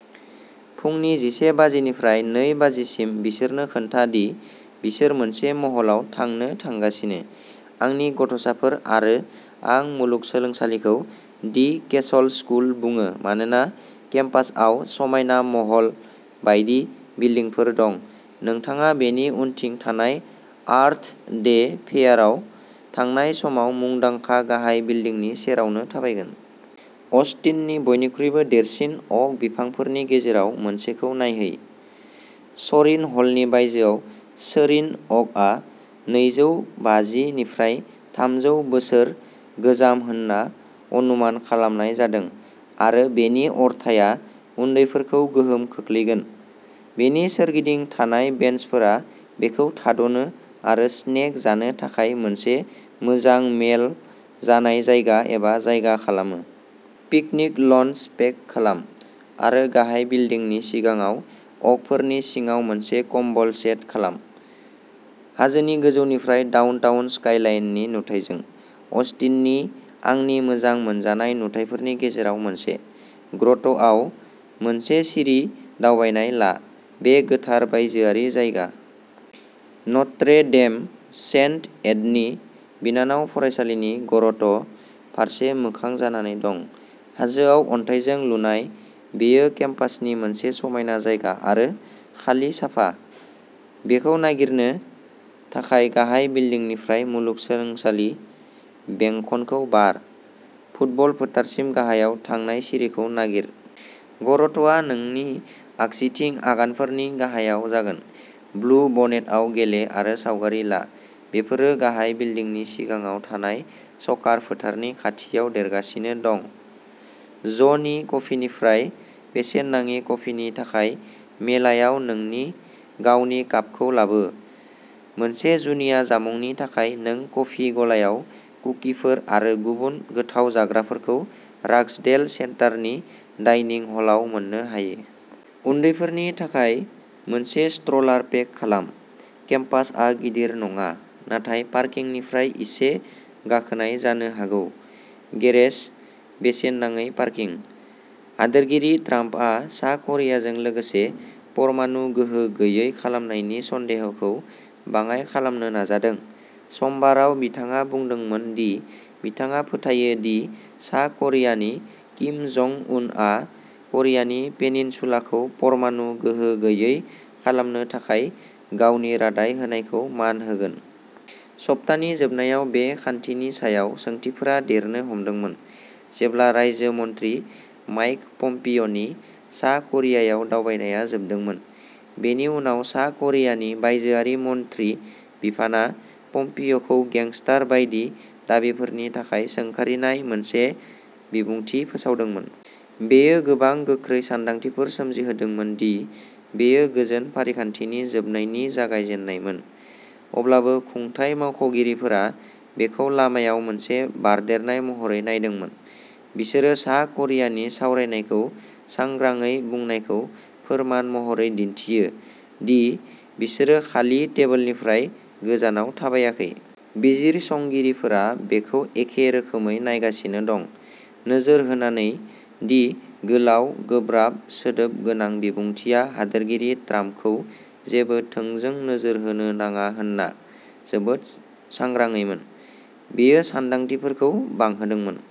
फुंनि जिसे बाजिनिफ्राय नै बाजिसिम बिसोरनो खोन्था दि बिसोर मोनसे महलाव थांनो थांगासिनो, आंनि गथ'साफोर आरो आं मुलुगसोलोंसालिखौ "दि केसल स्कुल" बुङो मानोना केम्पासआव समायना महल बायदि बिल्डिंफोर दं। नोंथाङा बेनि उनथिं थानाय आर्थ डे फेयाराव थांनाय समाव मुंदांखा गाहाय बिल्डिंनि सेरावनो थाबायगोन। अस्टिननि बयनिख्रुइबो देरसिन अक बिफांफोरनि गेजेराव मोनसेखौ नायहै। सरिन हलनि बायजोआव सोरिन अकआ नैजौ बाजि निफ्राइ थामजौ बोसोर गोजाम होनना अनुमान खालामनाय जादों आरो बेनि अरथाइया उन्दैफोरखौ गोहोम खोख्लैगोन। बेनि सोरगिदिं थानाय बेन्चफोरा बेखौ थाद'नो आरो स्नेक जानो थाखाय मोनसे मोजां मेल जानाय जायगा एबा जायगा खालामो। पिकनिक लञ्च पेक खालाम आरो गाहाय बिल्दिंनि सिगाङाव अकफोरनि सिङाव मोनसे कम्बल सेट खालाम, हाजोनि गोजौनिफ्राय डाउनटाउन स्काइलाइननि नुथायजों। अस्टिननि आंनि मोजां मोनजानाय नुथायफोरनि गेजेराव मोनसे। ग्र'ट'आव मोनसे सिरि दावबायनाय ला। बे गोथार बायजोआरि जायगा। नट्रे डेम, सेन्ट एडनि बिनानाव फरायसालिनि गर'ट' फारसे मोखां जानानै दं। हाजोआव अन्थाइजों लुनाय, बेयो केम्पासनि मोनसे समायना जायगा आरो खालि साफा। बेखौ नागिरनो थाखाय गाहाय बिल्दिंनिफ्राय मुलुगसोलोंसालि बेंखनखौ बार। फुटबल फोथारसिम गाहायाव थांनाय सिरिखौ नागिर। गर'ट'आ नोंनि आगसिथिं आगानफोरनि गाहायाव जागोन। ब्लु-बनेटआव गेले आरो सावगारि ला, बेफोरो गाहाय बिल्दिंनि सिगाङाव थानाय स'कार फोथारनि खाथियाव देरगासिनो दं। ज'नि कफिनिफ्राय बेसेन नाङि कफिनि थाखाय मेलायाव नोंनि गावनि कापखौ लाबो। मोनसे जुनिया जामुंनि थाखाय नों कफि गलायाव कुकिफोर आरो गुबुन गोथाव जाग्राफोरखौ राग्सडेल सेन्टारनि डाइनिं हलाव मोननो हायो। उन्दैफोरनि थाखाय मोनसे स्ट्र'लार पेक खालाम। केम्पासआ गिदिर नङा, नाथाय पार्किंनिफ्राय इसे गाखोनाय जानो हागौ। गेरेज, बेसेन नाङै पार्किं। हादोरगिरि ट्राम्पआ सा करियाजों लोगोसे परमाणु गोहो गैयै खालामनायनि सन्देहखौ बाङाइ खालामनो नाजादों। समबाराव बिथाङा बुंदोंमोन दि बिथाङा फोथायो दि सा करियानि किम जं उनआ क'रियानि पेनिनसुलाखौ परमाणु गोहो गैयै खालामनो थाखाय गावनि रादाय होनायखौ मान होगोन। सप्तानि जोबनायाव बे खान्थिनि सायाव सोंथिफोरा देरनो हमदोंमोन, जेब्ला रायजो मन्थ्रि माइक पम्पिय'नि सा करियायाव दावबायनाया जोबदोंमोन। बेनि उनाव सा करियानि बायजोआरि मन्थ्रि बिफाना पम्पिय'खौ गेंस्टार बायदि दाबिफोरनि थाखाय सोंखारिनाय मोनसे बिबुंथि फोसावदोंमोन। बेयो गोबां गोख्रै सान्दांथिफोर सोमजिहोदोंमोन दि बेयो गोजोन फारिखान्थिनि जोबनायनि जागायजेन्नायमोन। अब्लाबो खुंथाय मावख'गिरिफोरा बेखौ लामायाव मोनसे बारदेरनाय महरै नायदोंमोन। बिसोरो सा करियानि सावरायनायखौ सांग्राङै बुंनायखौ फोरमान महरै दिन्थियो दि बिसोरो खालि टेबोलनिफ्राय गोजानाव थाबायाखै। बिजिरसंगिरिफोरा बेखौ एखे रोखोमै नायगासिनो दं, नोजोर होनानै दि गोलाव, गोब्राब सोदोब गोनां बिबुंथिआ हादोरगिरि ट्राम्पखौ जेबो थोंजों नोजोर होनो नाङा होनना जोबोद सांग्राङैमोन। बेयो सान्दांथिफोरखौ बांहोदोंमोन।